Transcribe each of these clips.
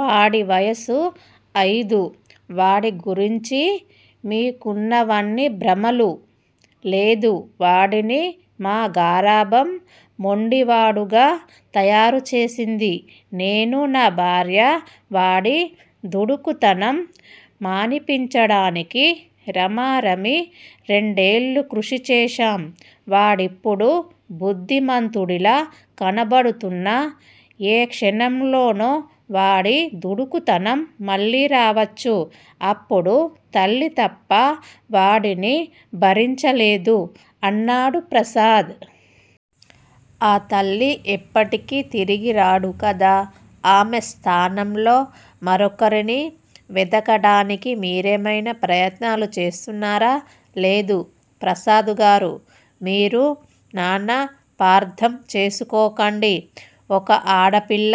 వాడి వయసు అయిదు వాడిగురించి మీకున్నవన్నీ భ్రమలు లేదు వాడిని మా గారాబం మొండివాడుగా తయారుచేసింది. నేను, న భార్య వాడి దుడుకుతనం మనిపించాడానికి రమారమి రెండేళ్ళు కృష్టి చేశాం వాడిప్పుడు బుద్ధిమంతుడిలా కనబడుతున్నా ఏ క్షణంలోనో వాడి దుడుకుతనం మళ్ళీరావచ్చు. అప్పుడు తల్లితప్ప వాడిని భరించలేదు అన్నాడు ప్రసాద్. ఆ తల్లి ఎప్పటికి తిరిగిరాడు కదా! ఆమె స్థానంలో మరికరిని వెదకడానికి మీరేమైనా ప్రయత్నాలు చేస్తున్నారా? లేదు ప్రసాదుగారూ మీరునన్నపార్దంచేసుకోకండి ఒక ఆడపిల్ల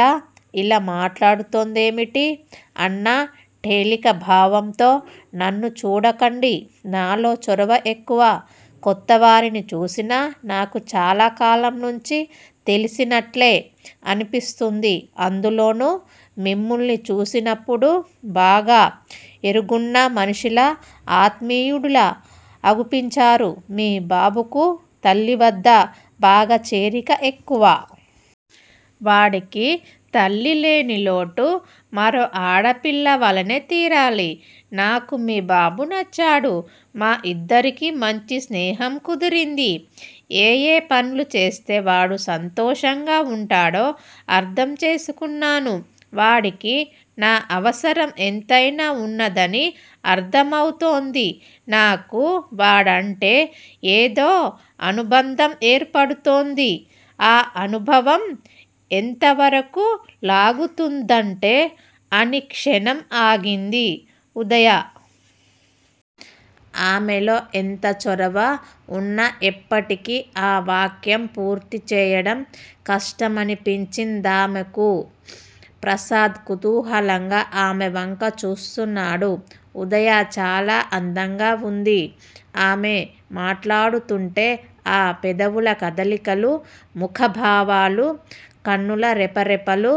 ఇలా మాట్లాడుతొందేమిటీ అన్న టెలికభావంతో నన్ను చూడకండి. నాలో చొరవ ఎక్కువ కొత్తవారిని చూసినా నాకు చాలాకాలంనుంచి తెలిసినట్లే అనిపిస్తుంది. అందులోనూ మిమ్మల్ని చూసినప్పుడు బాగా ఎరుగున్నమనిషిలా అత్మీయుడిలా అగుపించారు మీ బాబుకు తల్లివద్ద బాగాచేరిక ఎక్కువ. వాడికి తల్లిలేనిలోటు మరోఆడపిల్లవల్లనే తీరాలి. నాకు మీ బాబు నచ్చాడు. మా ఇద్దరికీ మంచి స్నేహంకుదిరింది. ఏయే పనులు చేస్తే వాడు సంతోషంగా వుంటాడో అర్ధంచేసుకున్నను వాడికి నా అవసరం ఎంతైనా వున్నదని అర్ధమవుతోంది. నాకూ వాడంటే ఏదో అనుబంధం ఏర్పడుతోంది ఆ అనుభవం ఎంతవరకూ లాగుతున్నదంటే అని క్షణం ఆగింది ఉదయ. ఆమెలో ఎంత చొరవ వున్న ఎప్పటికీ ఆ వాక్యం పూర్తీచేయడం కష్టమనిపించిందామెకు. ప్రసాదు కుతూహలంగా ఆమెవంక చూస్తున్నాడు. ఉదయ చాలా అందంగావుంది. ఆమె మాట్లాడుతూంటే ఆ పెదవుల కదలికలు, ముఖాభావాలు, కన్నుల రెపరెపలు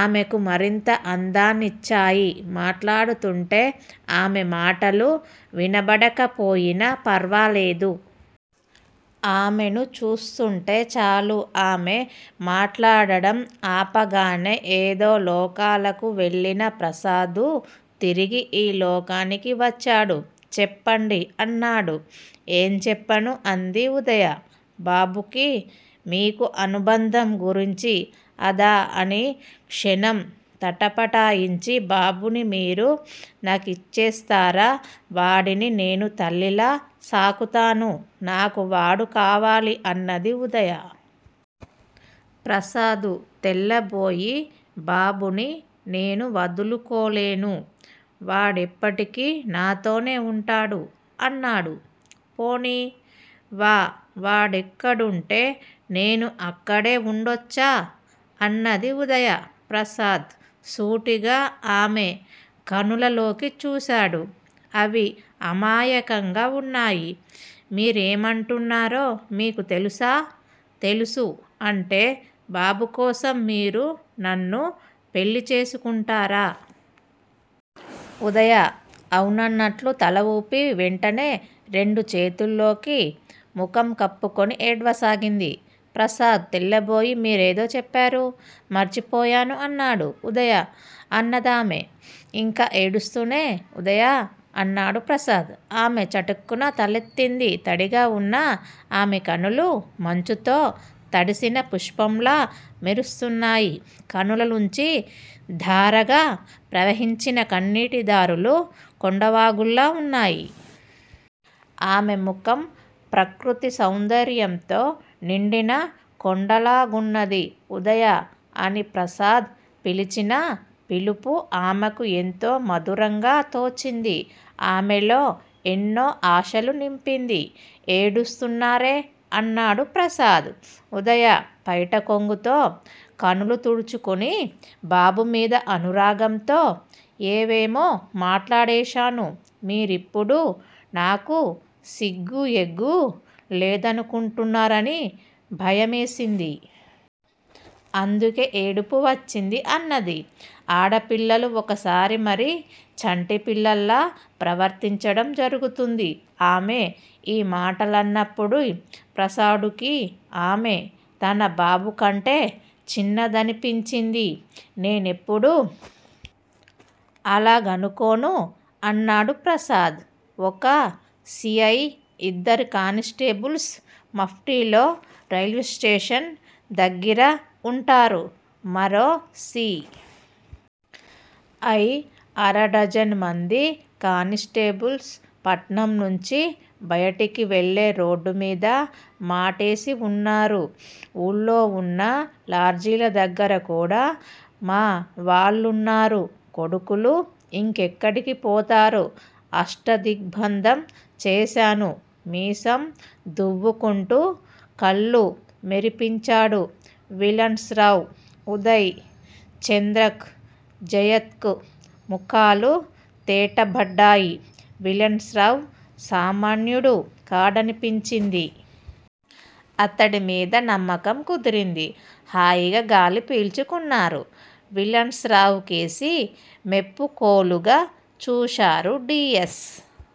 ఆమెకు మరింత అందాన్ని నిచ్చాయి. మాట్లాడుతూంటే ఆమె మాటలు వినబడకపోయినా ఫర్వాలేదు. ఆమెను చూస్తుంటే చాలు. ఆమె మాట్లాడడం ఆపగానే ఏదో లోకాలకు వెళ్ళిన ప్రసాదు తిరిగి ఈ లోకానికి వచ్చాడు చెప్పండి! అన్నాడు. ఏంచెప్పను? అంది ఉదయ. బాబుకీ మీకూ అనుబంధం గురించి అదా? అని క్షణం తటపటాయించి _ బాబుని మీరు నాకిచ్చస్తారా? వాడిని నేను తల్లిలా సాకుతాను నాకు వాడు కావాలి అన్నది ఉదయ. ప్రసాదు తెల్లబోయి __ బాబును నేను వదులుకోలేను. వాడేప్పటికి నాతోనే వుంటాడు అన్నాడు. పోనీ వావాడేక్కడుంటే నేనూ అక్కడే ఉండొచ్చా? అన్నది ఉదయ. ప్రసాదు సూటిగా ఆమె కనులలోకి చూశాడు. అవి అమాయకంగా ఉన్నాయి. మీరేమంటున్నారో మీకు తెలుసా? తెలుసు అంటే బాబుకోసం మీరు నన్ను పెళ్ళిచేసుకుంటారా? ఉదయ అవునన్నట్లు తలఊపి వెంటనే రెండుచేతుల్లోకి ముకహం కప్పుకుని ఏడ్వసాగింది. ప్రసాద్ తెల్లబోయి మీరేదో చెప్పారు. మరచిపోయాను అన్నాడు. ఉదయ అన్నదామె ఇంకా ఏడుస్తూనే ఉదయా! అన్నాడు ప్రసాదు. ఆమె చటుక్కున తలఎత్తింది. తడిగా ఉన్న ఆమెకనులు మంచుతో తడిసిన పుష్పాల్లా మెరుస్తున్నాయి. కనులనుంచి ధారగా ప్రవహించిన కన్నీటి దారులు కొండవాగుల్లా ఉన్నాయి. ఆమె ముఖం ప్రకృతి సౌందర్యంతో నిండిన కొండలాగున్నది. ఉదయా అని ప్రసాదు పిలిచినా పిలుపు ఆమెకు ఎంతో మధురంగా తోచింది. ఆమెలో ఎన్నో ఆశలునింపింది. ఏడుస్తున్నారేం? అన్నాడు ప్రసాదు. ఉదయ పైటకొంగుతో కనులుతుడుచుకుని బాబుమీద అనురాగంతో ఏవేమో మాట్లాడేశాను. మీరిప్పుడు నాకు సిగ్గూఎగ్గూ లేదనుకుంటారని భయమేసింది. అందుకే ఏడుపు వచ్చింది. అన్నది. ఆడపిల్లలు ఒకోసారి మరీ చంటి పిల్లల్లా ప్రవర్తించడం జరుగుతుంది. ఆమె ఈమాటలన్నప్పుడు ప్రసాడుకి ఆమె తన బాబుకంటే చిన్నదనిపించింది. నేనెప్పుడూ అలాగనుకొను అన్నాడు ప్రసాదు. ఒక సి. ఐ. ఇద్దరు కానిస్టేబుల్సూ, మాప్టీలో రైల్వేస్టేషన్ దగ్గిర వుంటారు. మరో సి. ఐ. అరడజనుమంది కానిస్టేబుల్సూ పట్నంనుంచి బయటికి వెళ్ళే రోడ్లమీద మాటేసివున్నారు. ఊళ్ళో వున్న లాడ్జీలదగ్గర కూడా మావాళ్ళున్నారు. కొడుకులు! ఇంకెక్కడికి పోతారు? అష్టదిగ్భంధం చేశాను. మీసం దువ్వుకుంటూ కళ్ళు మెరిపించాడు విల్సన్ రావు. ఉదయ్ చంద్రకూ, జయంత్ కూ ముఖాలు తేటబడ్డాయి. విల్సన్ రావు సామాన్యుడు కాడనిపించింది. అతడిమీద నమ్మకం కుదిరింది. హాయిగా గాలి పీల్చుకున్నారు. విల్సన్ రావుకేసి మెప్పుకోలుగా చూశారు. డియస్